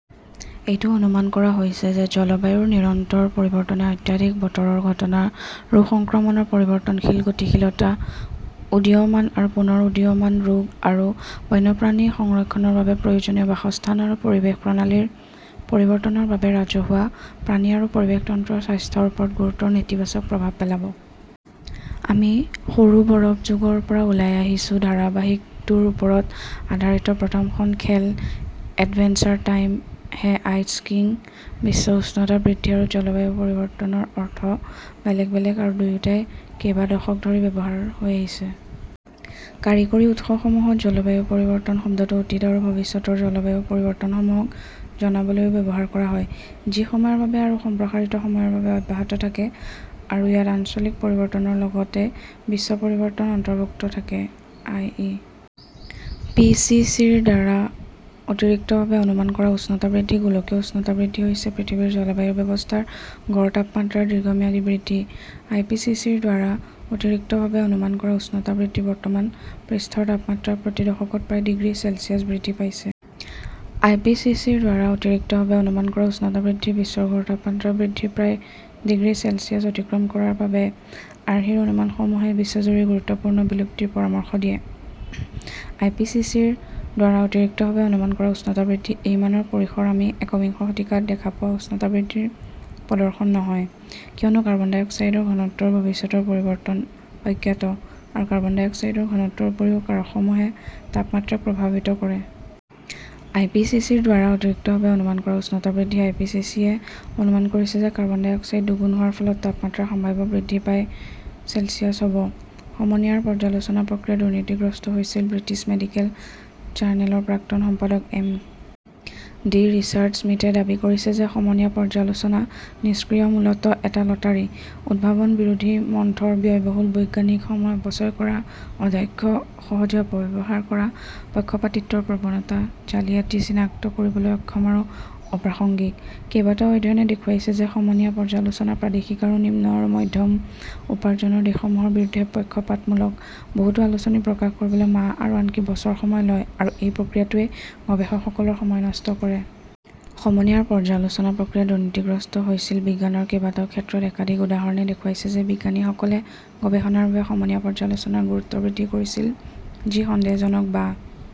এইটো অনুমান কৰা হৈছে যে জলবায়ুৰ নিৰন্তৰ পৰিৱৰ্তনে অত্যাধিক বতৰৰ ঘটনা, ৰোগ সংক্ৰমণৰ পৰিৱৰ্তনশীল গতিশীলতা, উদীয়মান আৰু পুনৰ উদীয়মান ৰোগ, আৰু বন্যপ্ৰাণী সংৰক্ষণৰ বাবে প্ৰয়োজনীয় বাসস্থান আৰু পৰিৱেশ প্ৰণালীৰ পৰিৱৰ্তনৰ বাবে ৰাজহুৱা, প্ৰাণী আৰু পৰিৱেশ তন্ত্ৰৰ স্বাস্থ্যৰ ওপৰত গুৰুতৰ নেতিবাচক প্ৰভাৱ পেলাব। আমি সৰু বৰফ যুগৰ পৰা ওলাই আহিছো। ধাৰাবাহিকটোৰ ওপৰত আধাৰিত প্ৰথমখন খেল, adventure time hey ice king! 'বিশ্ব উষ্ণতা বৃদ্ধি' আৰু 'জলবায়ু পৰিৱৰ্তন' ৰ অৰ্থ বেলেগ বেলেগ আৰু দুয়োটাই কেইবা দশক ধৰি ব্যৱহাৰ হৈ আহিছে। কাৰিকৰী উৎসসমূহত, জলবায়ু পৰিৱৰ্তন শব্দটো অতীত আৰু ভৱিষ্যতৰ জলবায়ু পৰিৱৰ্তনসমূহক জনাবলৈও ব্যৱহাৰ কৰা হয় যি সময়ৰ বাবে আৰু সম্প্ৰসাৰিত সময়ৰ বাবে অব্যাহত থাকে, আৰু ইয়াত আঞ্চলিক পৰিৱৰ্তনৰ লগতে বিশ্ব পৰিৱৰ্তন অন্তৰ্ভুক্ত থাকে। আই. পি. চি. চি. -ৰ দ্বাৰা অতিৰিক্তভাৱে অনুমান কৰা উষ্ণতা বৃদ্ধি গোলকীয় উষ্ণতা বৃদ্ধি হৈছে পৃথিৱীৰ জলবায়ু ব্যৱস্থাৰ গড় তাপমাত্ৰাৰ দীৰ্ঘম্যাদী বৃদ্ধি। আই. পি. চি. চি. -ৰ দ্বাৰা অতিৰিক্তভাৱে অনুমান কৰা উষ্ণতা বৃদ্ধি বৰ্তমান, পৃষ্ঠৰ তাপমাত্ৰা প্ৰতি দশকত প্ৰায় ডিগ্ৰী চেলছিয়াছ বৃদ্ধি পাইছে। আই. পি. চি. চি. -ৰ দ্বাৰা অতিৰিক্তভাৱে অনুমান কৰা উষ্ণতা বৃদ্ধি বিশ্বৰ গড় তাপমাত্ৰা বৃদ্ধি প্ৰায় ডিগ্ৰী চেলছিয়াছ অতিক্ৰম কৰাৰ বাবে, আৰ্হিৰ অনুমানসমূহে বিশ্বজুৰি গুৰুত্বপূৰ্ণ বিলুপ্তিৰ পৰামৰ্শ দিয়ে। আই. পি. চি. চি. -ৰ দ্বাৰা অতিৰিক্তভাৱে অনুমান কৰা উষ্ণতা বৃদ্ধি এই মানৰ পৰিসৰ আমি একবিংশ শতিকাত দেখা পোৱা উষ্ণতা বৃদ্ধিৰ প্ৰদৰ্শন নহয়, কিয়নো কাৰ্বন ডাই অক্সাইডৰ ঘনত্বৰ ভৱিষ্যতৰ পৰিৱৰ্তন অজ্ঞাত, আৰু কাৰ্বন ডাই অক্সাইডৰ ঘনত্বৰ উপৰিও কাৰকসমূহে তাপমাত্ৰাক প্ৰভাৱিত কৰে। আই. পি. চি. চি. -ৰ দ্বাৰা অতিৰিক্তভাৱে অনুমান কৰা উষ্ণতা বৃদ্ধি আই. পি. চি. চি. -য়ে অনুমান কৰিছে যে কাৰ্বন ডাই অক্সাইড দুগুণ হোৱাৰ ফলত তাপমাত্ৰাৰ সম্ভাৱ্য বৃদ্ধি প্ৰায় চেলছিয়াছ, হ 'ব। সমনীয়াৰ পৰ্যালোচনা প্ৰক্ৰিয়া দুৰ্নীতিগ্ৰস্ত হৈছিল ব্ৰিটিছ মেডিকেল জাৰ্নেলৰ প্ৰাক্তন সম্পাদক এম. ডি. ৰিচাৰ্ড স্মিথে দাবী কৰিছে যে সমনীয়া পৰ্যালোচনা "নিষ্ক্ৰিয়, মূলতঃ এটা লটাৰী, উদ্ভাৱন-বিৰোধী, মন্থৰ, ব্যয়বহুল, বৈজ্ঞানিক সময় অপচয় কৰা, অদক্ষ, সহজে অপব্যৱহাৰ কৰা, পক্ষপাতিত্বৰ প্ৰৱণতা, জালিয়াতি চিনাক্ত কৰিবলৈ অক্ষম আৰু অপ্ৰাসংগিক; কেইবাটাও অধ্যয়নে দেখুৱাইছে যে সমনীয়া পৰ্যালোচনা প্ৰাদেশিক আৰু নিম্ন আৰু মধ্যম উপাৰ্জনৰ দেশসমূহৰ বিৰুদ্ধে পক্ষপাতমূলক; বহুতো আলোচনী প্ৰকাশ কৰিবলৈ মাহ আৰু আনকি বছৰ সময় লয় আৰু এই প্ৰক্ৰিয়াটোৱে গৱেষকসকলৰ সময় নষ্ট কৰে। সমনীয়াৰ পৰ্যালোচনা প্ৰক্ৰিয়া দুৰ্নীতিগ্ৰস্ত হৈছিল বিজ্ঞানৰ কেইবাটাও ক্ষেত্ৰত একাধিক উদাহৰণে দেখুৱাইছে যে বিজ্ঞানীসকলে গৱেষণাৰ বাবে সমনীয়া পৰ্যালোচনাৰ গুৰুত্ব বৃদ্ধি কৰিছিল যি সন্দেহজনক বা